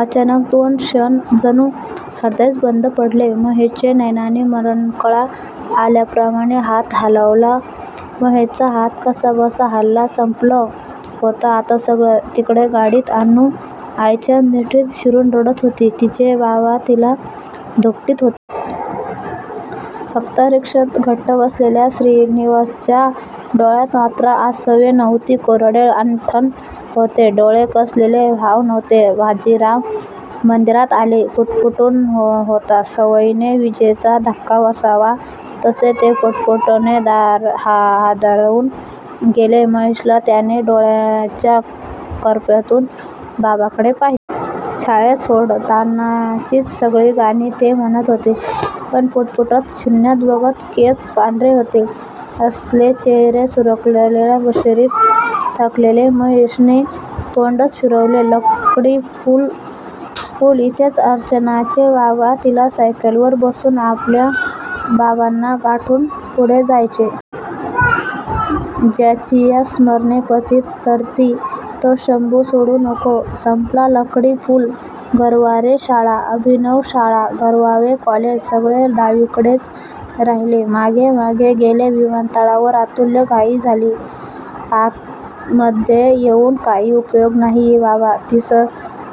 अचानक दोन क्षण जणू हृदयच बंद पडले महेशचे नैनाने मरणकळा आल्याप्रमाणे हात हालवला. महेशचा हात कसाबसा हालला. संपलं होतं आता सगळंच. तिकडे गाडीत अनु आईच्या मिठीत शिरून रडत होती. तिचे बाबा तिला थोपटत होते. फक्त रिक्षेत गट्टूबरोबर बसलेल्या श्रीनिवासच्या डोळ्यात मात्र आसवे नव्हती. कोरडे ठण्ण होते डोळे कसलेच भाव नव्हते. भाजीराम मंदीर आले. श्री पुटपुटत होता सवयीने. विजेचा धक्का बसावा तसे ते पुटपुटणे हादरवून गेले महेशला! त्याने डोळ्यांच्य कोपर्यातून बाबांकडे पाहिले. शाळेत सोडतानाचीच सगळी गाणी ते म्हणत होते, पण पुटपुटत शुन्यात बघत. केस पांढरे होत असले. चेहरा सुरकुतलेला, शरीर थकलेले. महेशने तोंडच फिरवले. लकडी पूल. इथेच अर्चनाचे बाबा तिला सायकलवर बसवून आपल्या बाबांना गाठून पुढे जायचे. ज्याचीया स्मरणे पतीत तरती तो शंभू सोडू नको. संपला लकडी पूल गरवारे शाळा, अभिनव शाळा, गरवारे कॉलेज सगळे डावीकडेच राहिले. मागे मागे गेले. विमानतळावर अतुल्य घाई झाली. आतमध्ये येऊन काही उपयोग नाहीये बाबा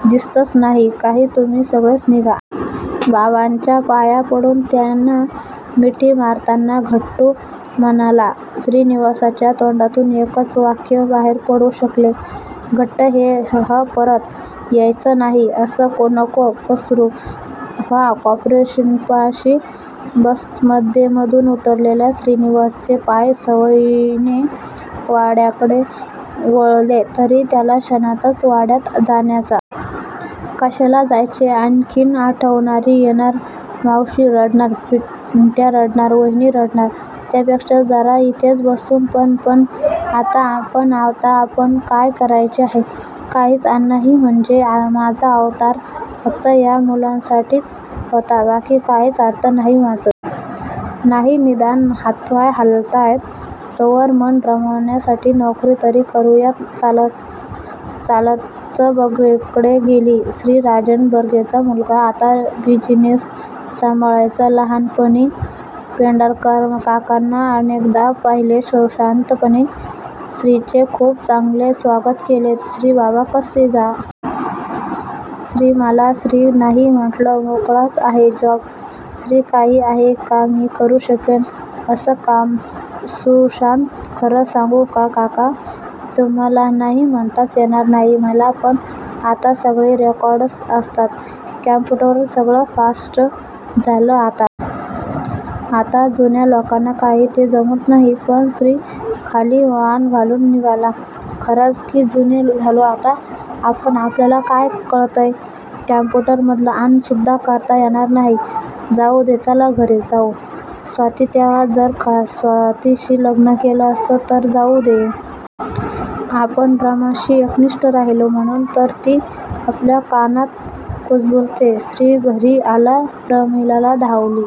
दिसतच नाही काही तुम्ही सगळेच निघा. बाबांच्या पाया पडून त्यांना मिठी मारताना गट्टू म्हणाला. श्रीनिवासच्या तोंडातून एकच वाक्य बाहेर पडू शकले. गट्टू ये हं परत? यायचंच नाही असं नको करूस हं कॉर्पोरेशनपाशी बसमधून उतरलेल्या श्रीनिवासचे पाय सवयीने वाड्याकडे वळले तरी त्याला क्षणातच वाड्यात जाण्याचा फोलपणा जाणवला. कशाला जायचे? आणखीन आठवणी येणार. मावशी रडणार. पिट्या रडणार. वहिनी रडणार. त्यापेक्षा जरा इथेच बसू पण पण आता आपण आता आपण काय करायचे आहे? काहीच अनाही? म्हणजे? माझा अवतार फक्त या मुलासाठीच होता? बाकी काहीच अर्थ नाही माझ्या जीवनाला? नाही. निदान हातपाय हलतायत तोवर मन रमवण्यासाठी नोकरी तरी करूयात. चालत चालतच बर्गेंकडे गेला श्री! राजन बर्गेंचा मुलगा आता बिझिनेस सांभाळायचा! लहानपणी पेंढारकरकाकांना अनेकदा पाहिलेल्या सुशांतने श्रीचे खूप चांगले स्वागत केले. श्री बाबा कसे आहेत? श्री मला श्री नाही म्हंटलं. मोकळाच आहे. जॉब श्री काही आहे का मी करू शकेन असं काम? सुशांत खरं सांगू का काका तुम्हाला नाही म्हणताच येणार नाही मला पण आता सगळी रेकॉर्ड्स असतात कंप्युटरवर सगळं फास्ट झालंय आता. आता जुन्या लोकांना काही ते जमत नाही. पण श्री खाली मान घालून निघाला. खरंच की जुने झालो आता आपण आपल्याला काय कळतंय काँप्युटरमधलं? ऑनसुद्धा करता येणार नाही. जाउदे चला. घरीच जाऊ. स्वाती तेव्हा जर स्वातीशी लग्नं केलं असतं तर जाउदे. आपण रमाशी एकनिष्ठ राहिलो म्हणून तर ती आपल्या कानात कुबुजते. श्री घरी आला. प्रमिला धावली.